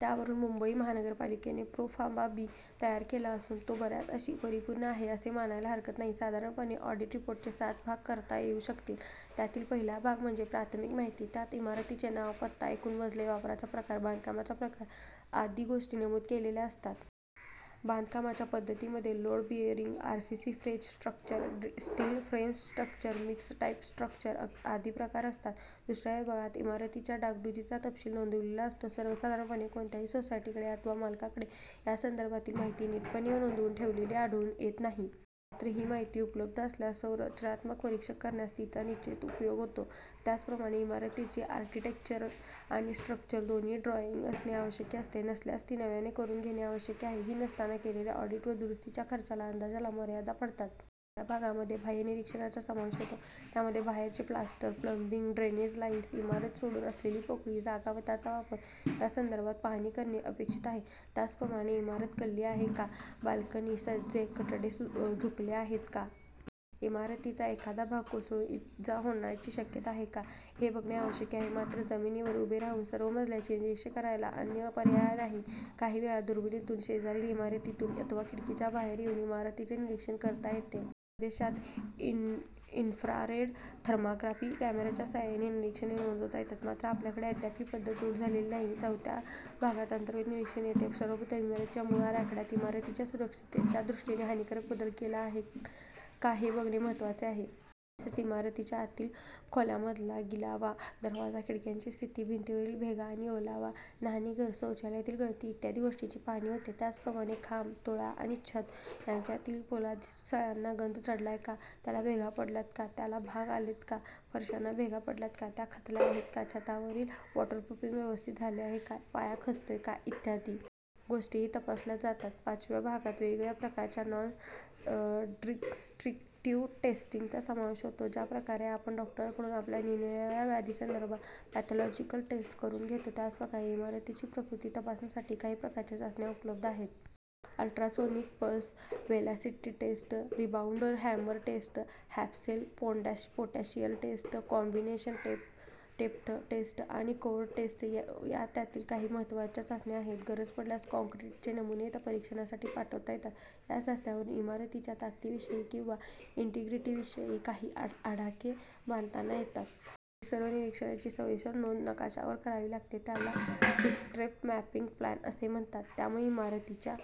त्यावरून मुंबई महापालिकेने 'proforma B' तयार केला असून तो बऱ्याच अंशी परिपूर्ण आहे, असे मानायला हरकत नाही. साधारणपणे ऑडिट रिपोर्टचे 'सात' भाग करता येऊ शकतील. त्यातील पहिला भाग म्हणजे प्राथमिक माहिती- त्यात इमारतीचे नाव, पत्ता, एकूण मजले, वापराचा प्रकार, बांधकामाचा प्रकार आदी गोष्टी नमूद केलेल्या असतात. बांधकामाच्या पद्धतीमध्ये load bearing, RCC frame structure, steel frames structures, mix type structures आदी प्रकार असतात. दुसऱ्या विभागात इमारतीच्या डागडुजीचा तपशील नोंदविलेला असतो. सर्वसाधारणपणे कोणत्याही सोसायटीकडे अथवा मालकाकडे या संदर्भातील माहिती नीटपणे नोंदवून ठेवलेली आढळून येत नाही. मात्र ही माहिती उपलब्ध असल्यास संरचनात्मक परीक्षण करण्यास तिचा निश्चितच उपयोग होतो. त्याचप्रमाणे इमारतीची आर्किटेक्चरल आणि स्ट्रक्चरल दोन्ही ड्रॉइंग असणे आवश्यक असते. नसल्यास ती नव्याने करून घेणे आवश्यक आहे. ही नसताना केलेल्या ऑडिट व दुरुस्तीच्या खर्चाच्या अंदाजाला मर्यादा पडतात. तिसऱ्या भागामध्ये बाहय़ निरीक्षणाचा समावेश होतो. त्यामध्ये बाहेरचे प्लास्टर, प्लम्बिंग, ड्रेनेज लाइन्स, इमारत सोडून असलेली मोकळी जागा व त्याचा वापर या संदर्भात पाहणी करणे अपेक्षित आहे. त्याचप्रमाणे इमारत कलली आहे का? बाल्कनी, सज्जे, कठडे झुकले आहेत का? इमारतीचा एखादा भाग कोसळून इजा होण्याची शक्यता आहे का? हे बघणे आवश्यक आहे. मात्र जमिनीवर उभे राहून सर्व मजल्यांची निरीक्षणे करण्याला अन्य पर्याय नाही. काही वेळा दुर्बिणीतून, शेजारील इमारतीतून अथवा खिडकीच्या बाहेर येऊन इमारतीचे निरीक्षण करता येते. परदेशात 'इन्फ्रारेड थर्माग्राफी' कॅमेराच्या साहाय्याने निरीक्षणे नोंदविता येतात. मात्र आपल्याकडे अद्याप ही पद्धत रूढ झालेली नाही. चवथ्या भागात अंतर्गत निरीक्षण येते. सर्वप्रथम इमारतीच्या मूळ आराखडय़ात इमारतीच्या सुरक्षिततेच्या दृष्टीने हानीकारक बदल केला आहे. का हे बघणे महत्त्वाचे आहे. तसेच इमारतीच्या आतील खोल्यांमधला गिलावा, दरवाजा-खिडक्यांची स्थिती, भिंतींमधील भेगा आणि ओलावा, न्हाणीघर-शौचालयातील गळती इ. गोष्टींची पाहणी होते. त्याचप्रमाणे खांब, तुळया आणि छत यांच्यातील पोलादी सळ्यांना गंज चढलाय का, त्याला भेगा पडल्यात का, त्याला बाक आलेत का, फरश्यांना भेगा पडल्यात का, त्या खचल्या आहेत का, छतावरील वॉटरप्रूफिंग व्यवस्थित झाले आहे का, पाया खचतोय का इ. गोष्टीही तपासल्या जातात. पाचव्या भागात वेगवेगळ्या प्रकारच्या नॉन-डिस्ट्रक्टिव्ह टेस्टिंग चा समावेश होतो. ज्या प्रकारे आपण डॉक्टरांकडून आपल्या निरनिराळ्या व्याधींसंदर्भात पॅथॉलॉजिकल टेस्ट करून घेतो, त्याच प्रकारे इमारतींची प्रकृती तपासण्यासाठी काही प्रकारच्या चाचण्या उपलब्ध आहेत. Ultrasonic pulse velocity test, rebound hammer test, half cell potential test, combination depth test आणि कोअर टेस्ट या त्यातील काही महत्त्वाच्या चाचण्या आहेत. गरज पडल्यास काँक्रीटचे नमुनेही परीक्षणासाठी पाठविता येतात. या चाचण्यांवरून इमारतीच्या ताकदीविषयी किंवा इन्ट्रीग्रीटीविषयी काही आडाखे बांधताना येतात. वरील सर्व निरीक्षणांची सविस्तर नोंद नकाशावर करावी लागते. त्याला डिस्ट्रेस मॅपिंग प्लॅन असे म्हणतात. त्यामुळे इमारतीच्या--